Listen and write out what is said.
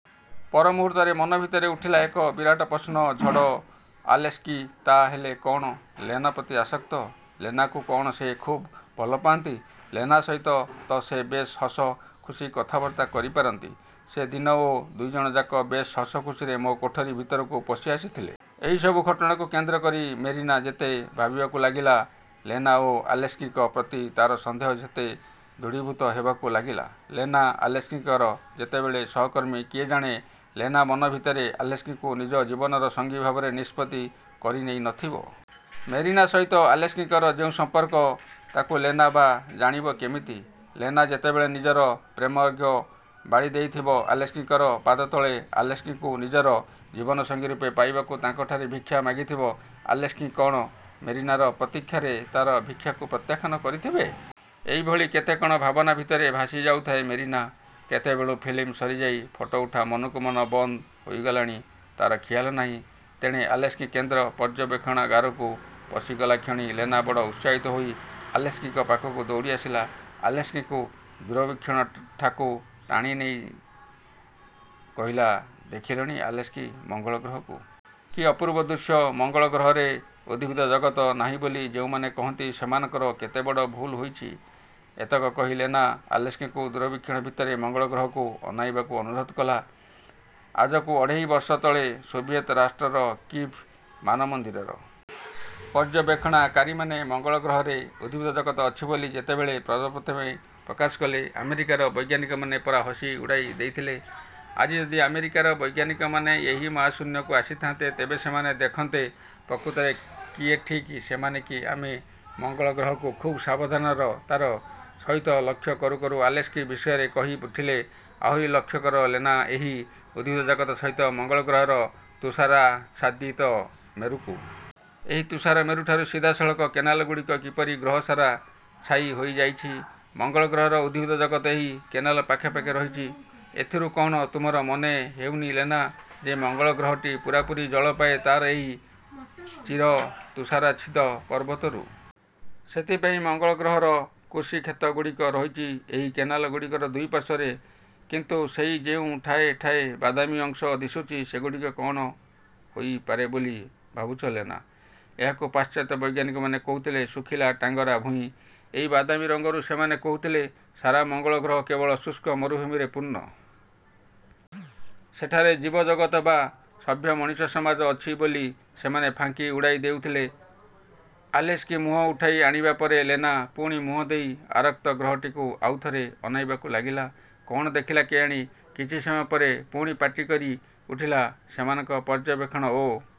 ପର ମୁହୂର୍ତ୍ତରେ ମନ ଭିତରେ ଉଠିଲା ଏକ ବିରାଟ ପ୍ରଶ୍ନ-ଝଡ଼-ଆଲେସ୍କି ତା' ହେଲେ କ'ଣ ଲେନା ପ୍ରତି ଆସକ୍ତ? ଲେନାକୁ କ'ଣ ସେ ଖୁବ୍ ଭଲ ପାଆନ୍ତି? ଲେନା ସହିତ ତ ସେ ବେଶ୍ ହସ ଖୁସି କଥାବାର୍ତ୍ତା କରିପାରନ୍ତି। ସେ ଦିନ ତ ଦୁଇଜଣଯାକ ବେଶ୍ ହସ ଖୁସିରେ ମୋ କୋଠରି ଭିତରକୁ ପଶିଆସିଥିଲେ। ଏହି ସବୁ ଘଟଣାକୁ କେନ୍ଦ୍ର କରି ମେରିନା ଯେତେ ଭାବିବାକୁ ଲାଗିଲା, ଲେନା ଓ ଆଲେସ୍କିଙ୍କ ପ୍ରତି ତା'ର ସନ୍ଦେହ ସେତେ ଦୃଢ଼ୀଭୂତ ହେବାକୁ ଲାଗିଲା। ଲେନା ଆଲେସ୍କିଙ୍କର ଯେତେବେଳେ ସହକର୍ମୀ, କିଏ ଜାଣେ, ଲେନା ମନ ଭିତରେ ଆଲେସ୍କିଙ୍କୁ ନିଜ ଜୀବନର ସଙ୍ଗୀ ଭାବରେ ନିଷ୍ପତ୍ତି କରିନେଇ ନଥିବ। ମେରିନା ସହିତ ଆଲେସ୍କିଙ୍କର ଯେଉଁ ସମ୍ପର୍କ, ତାକୁ ଲେନା ବା ଜାଣିବ କେମିତି? ଲେନା ଯେତେବେଳେ ନିଜର ପ୍ରେମଅର୍ଘ୍ୟ ବାଢ଼ିଦେଇଥିବ ଆଲେସ୍କିଙ୍କର ପାଦତଳେ, ଆଲେସ୍କିଙ୍କୁ ନିଜର ଜୀବନସଙ୍ଗୀ ରୂପେ ପାଇବାକୁ ତାଙ୍କଠାରେ ଭିକ୍ଷା ମାଗିଥିବ, ଆଲେସ୍କି କ'ଣ ମେରିନାର ପ୍ରତୀକ୍ଷାରେ ତା'ର ଭିକ୍ଷାକୁ ପ୍ରତ୍ୟାଖ୍ୟାନ କରିଥିବେ? ଏହିଭଳି କେତେ କଣ ଭାବନା ଭିତରେ ଭାସିଯାଉଥାଏ ମେରିନା। କେତେବେଳୁଁ ଫିଲ୍ମ ସରିଯାଇ ଫଟୋଉଠା ମନକୁ ମନ ବନ୍ଦ ହୋଇଗଲାଣି, ତା'ର ଖିଆଲ ନାହିଁ। ତେଣେ ଆଲେସ୍କି କେନ୍ଦ୍ର ପର୍ଯ୍ୟବେକ୍ଷଣାଗାରକୁ ପଶିଗଲାକ୍ଷଣି ଲେନା ବଡ଼ ଉତ୍ସାହିତ ହୋଇ ଆଲେସ୍କିଙ୍କ ପାଖକୁ ଦୌଡ଼ିଆସିଲା। ଆଲେସ୍କିଙ୍କୁ ଦୂରବୀକ୍ଷଣଠାକୁ ଟାଣି ଟାଣି ନେଇ କହିଲା-''ଦେଖିଲଣି ଆଲେସ୍କି ମଙ୍ଗଳ ଗ୍ରହକୁ। କି ଅପୂର୍ବ ଦୃଶ୍ୟ। ମଙ୍ଗଳ ଗ୍ରହରେ ଉଦ୍ଭିଦଜଗତ୍ ନାହିଁ ବୋଲି ଯେଉଁମାନେ କହନ୍ତି, ସେମାନଙ୍କର କେତେ ବଡ଼ ଭୁଲ ହୋଇଛି। '' ଏତକ କହି ଲେନା ଆଲେସ୍କିଙ୍କୁ ଦୂରବୀକ୍ଷଣ ଭିତରେ ମଙ୍ଗଳ ଗ୍ରହକୁ ଅନାଇବାକୁ ଅନୁରୋଧ କଲା। ''ଆଜକୁ ଅଢ଼େଇ ବର୍ଷ ତଳେ ସୋଭିଏତ୍ ରାଷ୍ଟ୍ରର କିଭ୍ ମାନମନ୍ଦିରର। ପର୍ଯ୍ୟବେକ୍ଷଣାକାରୀମାନେ ମଙ୍ଗଳଗ୍ରହରେ ଉଦ୍ଭିଦଜଗତ୍ ଅଛି ବୋଲି ଯେତେବେଳେ ସର୍ବପ୍ରଥମେ ପ୍ରକାଶ କଲେ, ଆମେରିକାର ବୈଜ୍ଞାନିକମାନେ ପରା ହସି ଉଡ଼ାଇ ଦେଇଥିଲେ! ଆଜି ଯଦି ଆମେରିକାର ବୈଜ୍ଞାନିକମାନେ ଏହି ମହାଶୂନ୍ୟକୁ ଆସିଥାନ୍ତେ, ତେବେ ସେମାନେ ଦେଖନ୍ତେ, ପ୍ରକୃତରେ କିଏ ଠିକ୍ ସେମାନେ କି ଆମେ? '' ମଙ୍ଗଳ ଗ୍ରହକୁ ଖୁବ୍ ସାବଧାନତାର ସହିତ ଲକ୍ଷ୍ୟ କରୁ କରୁ ଆଲେସ୍କି ବିସ୍ମୟରେ କହି ଉଠିଲେ-''ଆହୁରି ଲକ୍ଷ୍ୟ କର ଲେନା, ଏହି ଉଦ୍ଭିଦଜଗତ୍ ସହିତ ମଙ୍ଗଳଗ୍ରହର ତୁଷାରାଚ୍ଛାଦିତ ମେରୁକୁ। ଏହି ତୁଷାର ମେରୁଠାରୁ ସିଧାସଳଖ କେନାଲଗୁଡ଼ିକ କିପରି ଗ୍ରହସାରା ଛାଇ ହୋଇଯାଇଛି। ମଙ୍ଗଳ ଗ୍ରହର ଉଦ୍ଭିଦ ଜଗତ୍ ଏହି କେନାଲ ପାଖେ ପାଖେ ରହିଛି। ଏଥିରୁ କ'ଣ ତୁମର ମନେ ହେଉନି ଲେନା, ଯେ ମଙ୍ଗଳଗ୍ରହଟି ପୂରାପୂରି ଜଳ ପାଏ ତାର ଏହି ଚିରତୁଷାରାଚ୍ଛାଦିତ ପର୍ବତରୁ? ସେଥିପାଇଁ ମଙ୍ଗଳ ଗ୍ରହର କୃଷିକ୍ଷେତ୍ରଗୁଡ଼ିକ ରହିଛି ଏହି କେନାଲ ଗୁଡ଼ିକର ଦୁଇ ପାର୍ଶ୍ୱରେ। କିନ୍ତୁ ସେହି ଯେଉଁ ଠାଏ ଠାଏ ବାଦାମୀ ଅଂଶ ଦିଶୁଚି, ସେଗୁଡ଼ିକ କ'ଣ ହୋଇପାରେ ବୋଲି ଭାବୁଛ ଲେନା? ଏହାକୁ ପାଶ୍ଚାତ୍ୟ ବୈଜ୍ଞାନିକମାନେ କହୁଥିଲେ ଶୁଖିଲା ଟାଙ୍ଗରା ଭୂଇଁ। ଏହି ବାଦାମୀ ରଙ୍ଗରୁ ସେମାନେ କହୁଥିଲେ ସାରା ମଙ୍ଗଳ ଗ୍ରହ କେବଳ ଶୁଷ୍କ ମରୁଭୂମିରେ ପୂର୍ଣ୍ଣ। ସେଠାରେ ଜୀବଜଗତ୍ ବା ସଭ୍ୟ ମଣିଷସମାଜ ଅଛି ବୋଲି ସେମାନେ ଫାଙ୍କି ଉଡ଼ାଇ ଦେଉଥିଲେ। '' ଆଲେସ୍କି ମୁହଁ ଉଠାଇ ଆଣିବା ପରେ ଲେନା ପୁଣି ମୁହଁଦେଇ ଆରକ୍ତ ଗ୍ରହଟିକୁ ଆଉ ଥରେ ଅନାଇବାକୁ ଲାଗିଲା। କ'ଣ ଦେଖିଲା କେଜାଣି କିଛି ସମୟ ପରେ ପୁଣି ପାଟି କରି ଉଠିଲା-''ସେମାନଙ୍କ ପର୍ଯ୍ୟବେକ୍ଷଣ ଓ